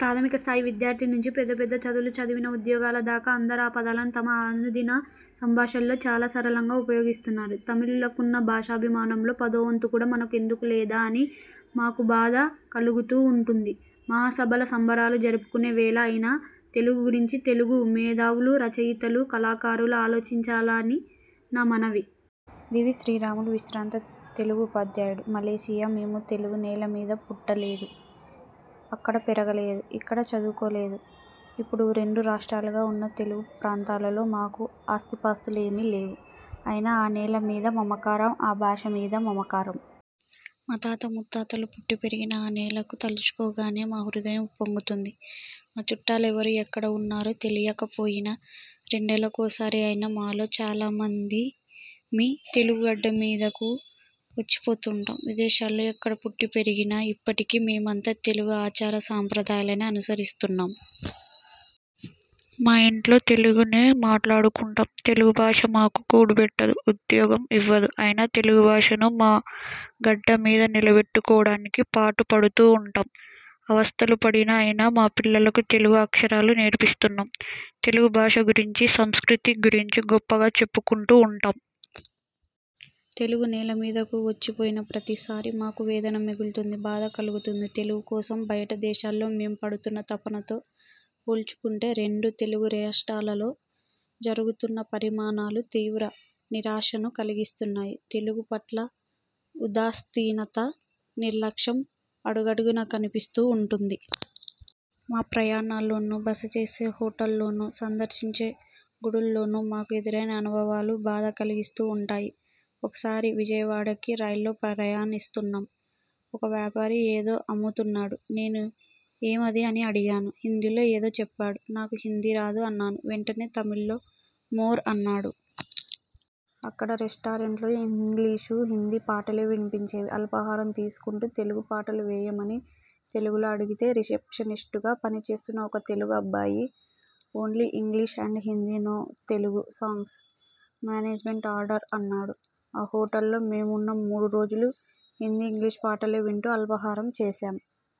ప్రాథమిక స్థాయి విద్యార్థి నుండి పెద్ద పెద్ద చదువులు చదివిన ఉద్యోగుల దాకా అందరూ ఆ పదాలను తమ అనుదిన సంభాషణల్లో చాలా సరళంగా ఉపయోగిస్తున్నారు. తమిళులకున్న। భాషాభిమానంలో పదో వంతు కూడా మనకు ఎందుకు లేదా అని మాకు బాధ కలుగుతూ ఉంటుంది. మహాసభల సంబరాలు జరుపుకునే వేళ అయినా తెలుగు గురించి తెలుగు మేధావులు, రచయితలు, కళాకారులు ఆలోచించాలని నా మనవి. డీవీ శ్రీరాములువిశ్రాంత తెలుగు ఉపాధ్యాయుడు, మలేసియా మేము తెలుగు నేల మీద పుట్టలేదు. అక్కడ పెరగలేదు. ఇక్కడ చదువుకోలేదు. ఇప్పుడు రెండు రాష్ట్రాలుగా ఉన్న తెలుగు ప్రాంతలలో మాకు ఆస్తిపాస్తులు ఏమీ లేవు. అయినా ఆ నేల మీద మమకారం. ఆ భాష మీద మమకారం. మా తాత ముత్తాతలు పుట్టి పెరిగిన ఆ నేలకు తలచుకోగానే మా హృదయం ఉప్పొంగుతుంది. మా చుట్టాలెవరో ఎక్కడ ఉన్నారో తెలియకపోయినా రెండేళ్లకోసారి అయినా మాలో చాలా మందిమి తెలుగు గడ్డ మీదకు వచ్చిపోతుంటాం. విదేశాల్లో ఎక్కడో పుట్టి పెరిగినా ఇప్పటికీ మేమంతా తెలుగు ఆచార సంప్రదాయాలనే అనుసరిస్తున్నాం. మా ఇళ్లలో తెలుగులోనే మాట్లాడుకుంటాం. తెలుగు భాష మాకు కూడుపెట్టదు. ఉద్యోగం ఇవ్వదు. అయినా తెలుగుభాషను మా గడ్డ మీద నిలబెట్టుకోవడానికి పాటుపడుతూ ఉంటాం. అవస్థలు పడి అయినా మా పిల్లలకు తెలుగు అక్షరాలు నేర్పిస్తున్నాం. తెలుగు భాష గురించీ, సంస్కృతి గురించీ గొప్పగా చెప్పుకుంటూ ఉంటాం. తెలుగు నేల మీదకు వచ్చిపోయిన ప్రతిసారీ మాకు వేదన మిగులుతుంది. బాధ కలుగుతోంది. తెలుగు కోసం బయటి దేశాల్లో మేం పడుతున్న తపనతో పోల్చుకుంటే రెండు తెలుగు రాష్ట్రాల్లో జరుగుతున్న పరిణామాలు తీవ్ర నిరాశను కలిగిస్తున్నాయి. తెలుగు పట్ల ఉదాసీనత, నిర్లక్ష్యం అడుగడుగునా కనిపిస్తూ ఉంటుంది. మా ప్రయాణాల్లోనూ, బస చేసే హోటళ్లలోనూ, సందర్శించే గుడుల్లోనూ మాకు ఎదురైన అనుభవాలు బాధ కలిగిస్తూ ఉంటాయి. ఒకసారి విజయవాడకి రైల్లో ప్రయాణిస్తున్నాం. ఒక వ్యాపారి ఏదో అమ్ముతున్నాడు. నేను ఏమది అని అడిగాను. హిందీలో ఏదో చెప్పాడు. నాకు హిందీ రాదు అన్నాను. వెంటనే తమిళంలో 'మోర్' అన్నాడు. అక్కడి రెస్టారెంట్లో ఇంగ్లీషు, హిందీ పాటలే వినిపించేవి. అల్పాహారం తీసుకుంటూ తెలుగు పాటలు వేయమని తెలుగులో అడిగితే రిసెప్షనిస్టుగా పనిచేస్తున్న ఒక తెలుగు అబ్బాయి, 'only English and Hindi, no Telugu songs, management order' అన్నాడు. ఆ హోటల్లో మేమున్న మూడు రోజులూ హిందీ, ఇంగ్లీషు పాటలే వింటూ అల్పాహారం చేసాం.